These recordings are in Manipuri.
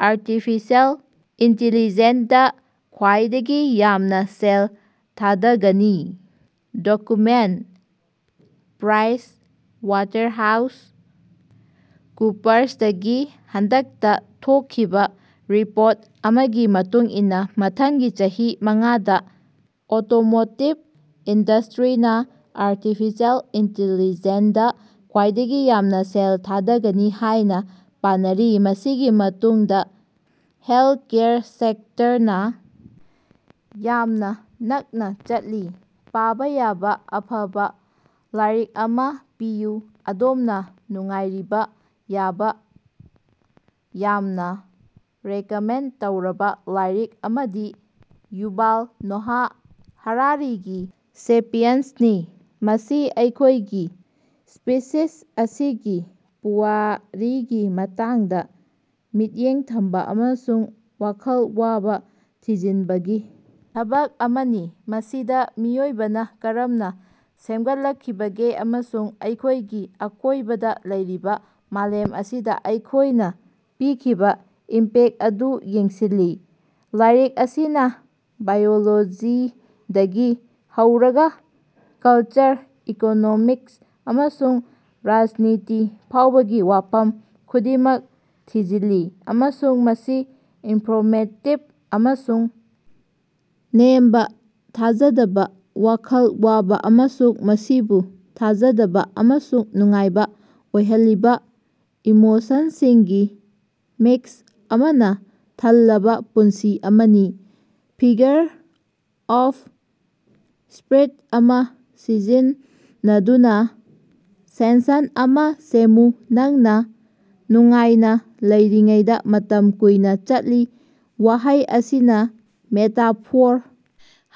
ꯑꯥꯔꯇꯤꯐꯤꯁꯤꯑꯦꯜ ꯏꯟꯇ‌ꯦꯂꯤꯖ‌ꯦꯟꯁꯗ ꯈ꯭ꯋꯥꯏꯗꯒꯤ ꯌꯥꯝꯅ ꯁꯦꯜ ꯊꯥꯗꯒꯅꯤ? ꯗꯣꯀꯨꯃꯦꯟꯠ: ꯄ꯭ꯔꯥꯏꯖ ꯋꯥꯇꯔꯍꯥꯎꯁ ꯀꯨꯄꯔꯁꯗꯒꯤ ꯍꯟꯗꯛꯇ ꯊꯣꯛꯈꯤꯕ ꯔꯤꯄꯣꯔꯠ ꯑꯃꯒꯤ ꯃꯇꯨꯡ ꯏꯟꯅ ꯃꯊꯪꯒꯤ ꯆꯍꯤ ꯃꯉꯥꯗ ꯑꯣꯇꯣꯃꯣꯇꯤꯕ ꯏꯟꯗꯁ꯭ꯇꯔꯤꯅ ꯑꯥꯔꯇꯤꯐꯤꯁꯤꯑꯦꯜ ꯏꯟꯇ‌ꯦꯂꯤꯖ‌ꯦꯟꯁꯗ ꯈ꯭ꯋꯥꯏꯗꯒꯤ ꯌꯥꯝꯅ ꯁꯦꯜ ꯊꯥꯗꯒꯅꯤ ꯍꯥꯏꯅ ꯄꯥꯅꯔꯤ, ꯃꯁꯤꯒꯤ ꯃꯇꯨꯡꯗ ꯍꯦꯜꯊꯀꯦꯌꯔ ꯁꯦꯛꯇꯔꯅ ꯌꯥꯝꯅ ꯅꯛꯅ ꯆꯠꯂꯤ꯫ ꯄꯥꯕ ꯌꯥꯕ ꯑꯐꯕ ꯂꯥꯏꯔꯤꯛ ꯑꯃ ꯄꯤꯌꯨ꯫ ꯑꯗꯣꯝꯅ ꯅꯨꯡꯉꯥꯏꯕꯤꯕ ꯌꯥꯕ ꯌꯥꯝꯅ ꯔꯦꯀꯃꯦꯟꯗ ꯇꯧꯔꯕ ꯂꯥꯏꯔꯤꯛ ꯑꯃꯗꯤ ꯌꯨꯚꯥꯜ ꯅꯣꯍꯥ ꯍꯔꯥꯔꯤꯒꯤ ꯁꯦꯄꯤꯌꯟꯁꯅꯤ꯫ ꯃꯁꯤ ꯑꯩꯈꯣꯏꯒꯤ ꯁ꯭ꯄꯤꯁꯤꯁ ꯑꯁꯤꯒꯤ ꯄꯨꯋꯥꯔꯤꯒꯤ ꯃꯇꯥꯡꯗ ꯃꯤꯠꯌꯦꯡ ꯊꯝꯕ ꯑꯃꯁꯨꯡ ꯋꯥꯈꯜ ꯋꯥꯕ ꯊꯤꯖꯤꯟꯕꯒꯤ ꯊꯕꯛ ꯑꯃꯅꯤ, ꯃꯁꯤꯗ ꯃꯤꯑꯣꯏꯕꯅ ꯀꯔꯝꯅ ꯁꯦꯝꯒꯠꯂꯛꯈꯤꯕꯒꯦ ꯑꯃꯁꯨꯡ ꯑꯩꯈꯣꯏꯒꯤ ꯑꯀꯣꯏꯕꯗ ꯂꯩꯔꯤꯕ ꯃꯥꯂꯦꯝ ꯑꯁꯤꯗ ꯑꯩꯈꯣꯏꯅ ꯄꯤꯈꯤꯕ ꯏꯝꯄꯦꯛ ꯑꯗꯨ ꯌꯦꯡꯁꯤꯜꯂꯤ꯫ ꯂꯥꯏꯔꯤꯛ ꯑꯁꯤꯅ ꯕꯥꯏꯑꯣꯂꯣꯖꯤꯗꯒꯤ ꯍꯧꯔꯒ ꯀꯜꯆꯔ, ꯏꯀꯣꯅꯣꯃꯤꯛꯁ, ꯑꯃꯁꯨꯡ ꯔꯥꯖꯅꯤꯇꯤ ꯐꯥꯎꯕꯒꯤ ꯋꯥꯐꯝ ꯈꯨꯗꯤꯡꯃꯛ ꯊꯤꯖꯤꯜꯂꯤ ꯑꯃꯁꯨꯡ ꯃꯁꯤ ꯏꯅꯟꯐꯣꯔꯃꯦꯇꯤꯕ ꯑꯃꯁꯨꯡ ꯅꯦꯝꯕ, ꯊꯥꯖꯗꯕ ꯋꯥꯈꯜ ꯋꯥꯕꯥ, ꯑꯃꯁꯨꯡ ꯃꯁꯤꯕꯨ ꯊꯥꯖꯗꯕ ꯑꯃꯁꯨꯡ ꯅꯨꯡꯉꯥꯏꯕ ꯑꯣꯏꯍꯜꯂꯤꯕ ꯏꯃꯣꯁꯟꯁꯤꯡꯒꯤ ꯃꯤꯛꯁ ꯑꯃꯅ ꯊꯜꯂꯕ ꯄꯨꯟꯁꯤ ꯑꯃꯅꯤ꯫ ꯐꯤꯒꯔ ꯑꯣꯐ ꯁ꯭ꯄꯤꯆ ꯑꯃ ꯁꯤꯖꯤꯟꯅꯗꯨꯅ ꯁꯦꯟꯁꯟ ꯑꯃ ꯁꯦꯝꯃꯨ꯫ ꯅꯪꯅ ꯅꯨꯡꯉꯥꯏꯅ ꯂꯩꯔꯤꯉꯩꯗ ꯃꯇꯝ ꯀꯨꯏꯅ ꯆꯠꯂꯤ꯫ ꯋꯥꯍꯩ ꯑꯁꯤꯅ ꯃꯦꯇꯥꯐꯣꯔ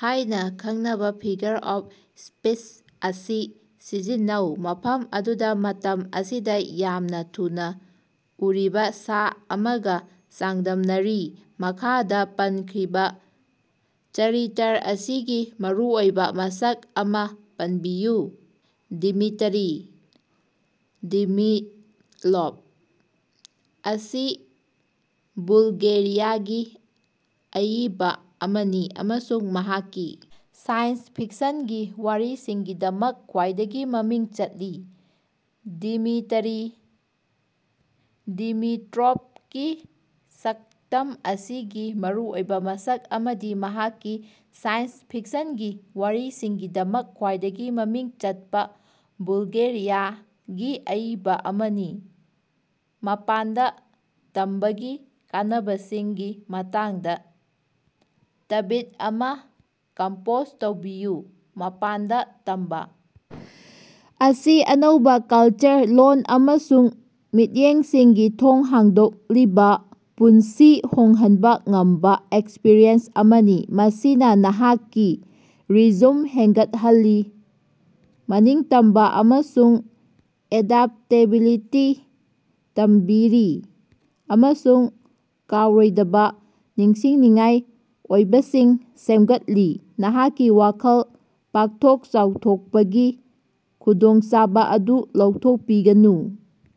ꯍꯥꯏꯅ ꯈꯪꯅꯕ ꯐꯤꯒꯔ ꯑꯣꯐ ꯁ꯭ꯄꯤꯆ ꯑꯁꯤ ꯁꯤꯖꯤꯟꯅꯩ, ꯃꯐꯝ ꯑꯗꯨꯗ ꯃꯇꯝ ꯑꯁꯤ ꯌꯥꯝꯅ ꯊꯨꯅ ꯎꯔꯤꯕ ꯁꯥ ꯑꯃꯒ ꯆꯥꯡꯗꯝꯅꯔꯤ꯫ ꯃꯈꯥꯗ ꯄꯟꯈ꯭ꯔꯤꯕ ꯆꯔꯤꯇꯔ ꯑꯁꯤꯒꯤ ꯃꯔꯨꯑꯣꯏꯕ ꯃꯁꯛ ꯑꯃꯥ ꯄꯟꯕꯤꯌꯨ꯫ ꯗꯤꯃꯤꯇꯔꯤ ꯗꯤꯃꯤꯠꯔꯣꯚ ꯑꯁꯤ ꯕꯨꯜꯒꯦꯔꯤꯌꯥꯒꯤ ꯑꯏꯕ ꯑꯃꯅꯤ ꯑꯃꯁꯨꯡ ꯃꯍꯥꯛꯀꯤ ꯁꯥꯏꯟꯁ ꯐꯤꯛꯁꯟꯒꯤ ꯋꯥꯔꯤꯁꯤꯡꯒꯤꯗꯃꯛ ꯈ꯭ꯋꯥꯏꯗꯒꯤ ꯃꯃꯤꯡ ꯆꯠꯂꯤ꯫ ꯗꯤꯃꯤꯇꯔꯤ ꯗꯤꯃꯤꯇꯔꯣꯚꯀꯤ ꯁꯛꯇꯝ ꯑꯁꯤꯒꯤ ꯃꯔꯨꯑꯣꯏꯕ ꯃꯁꯛ ꯑꯃꯗꯤ ꯃꯍꯥꯛꯀꯤ ꯁꯥꯏꯟꯁ ꯐꯤꯛꯁꯟꯒꯤ ꯋꯥꯔꯤꯁꯤꯡꯒꯤꯗꯃꯛ ꯈ꯭ꯋꯥꯏꯗꯒꯤ ꯃꯃꯤꯡ ꯆꯠꯄ ꯕꯨꯜꯒꯦꯔꯤꯌꯥꯒꯤ ꯑꯏꯕ ꯑꯃꯅꯤ꯫ ꯃꯄꯥꯟꯗ ꯇꯝꯕꯒꯤ ꯀꯥꯟꯅꯕꯁꯤꯡꯒꯤ ꯃꯇꯥꯡꯗꯥ ꯇ꯭ꯕꯤꯠ ꯑꯃꯥ ꯀꯝꯄꯣꯖ ꯇꯧꯕꯤꯌꯨ꯫ ꯃꯄꯥꯟꯗ ꯇꯝꯕ ꯑꯁꯤ ꯑꯅꯧꯕ ꯀꯜꯆꯔ, ꯂꯣꯜ, ꯑꯃꯁꯨꯡ ꯃꯤꯠꯌꯦꯡꯁꯤꯡꯒꯤ ꯊꯣꯡ ꯍꯥꯡꯗꯣꯛꯂꯤꯕ ꯄꯨꯟꯁꯤ ꯍꯣꯡꯍꯟꯕ ꯉꯝꯕ ꯑꯦꯛꯁꯄꯔꯤꯌꯦꯟꯁ ꯑꯃꯅꯤ꯫ ꯃꯁꯤꯅ ꯅꯍꯥꯛꯀꯤ ꯔꯤꯖ꯭ꯌꯨꯝ ꯍꯦꯟꯒꯠꯍꯜꯂꯤ, ꯃꯅꯤꯡꯇꯝꯕ ꯑꯃꯁꯨꯡ ꯑꯦꯗꯞꯇꯦꯕꯤꯂꯤꯇꯤ ꯇꯝꯕꯤꯔꯤ, ꯑꯃꯁꯨꯡ ꯀꯥꯎꯔꯣꯏꯗꯕ ꯅꯤꯡꯁꯤꯡꯅꯤꯡꯉꯥꯏ ꯑꯣꯏꯕꯁꯤꯡ ꯁꯦꯝꯒꯠꯂꯤ꯫ ꯅꯍꯥꯛꯀꯤ ꯋꯥꯈꯜ ꯄꯥꯛꯊꯣꯛ-ꯆꯥꯎꯊꯣꯛꯄꯒꯤ ꯈꯨꯗꯣꯡꯆꯥꯕ ꯑꯗꯨ ꯂꯧꯊꯣꯛꯄꯤꯒꯅꯨ꯫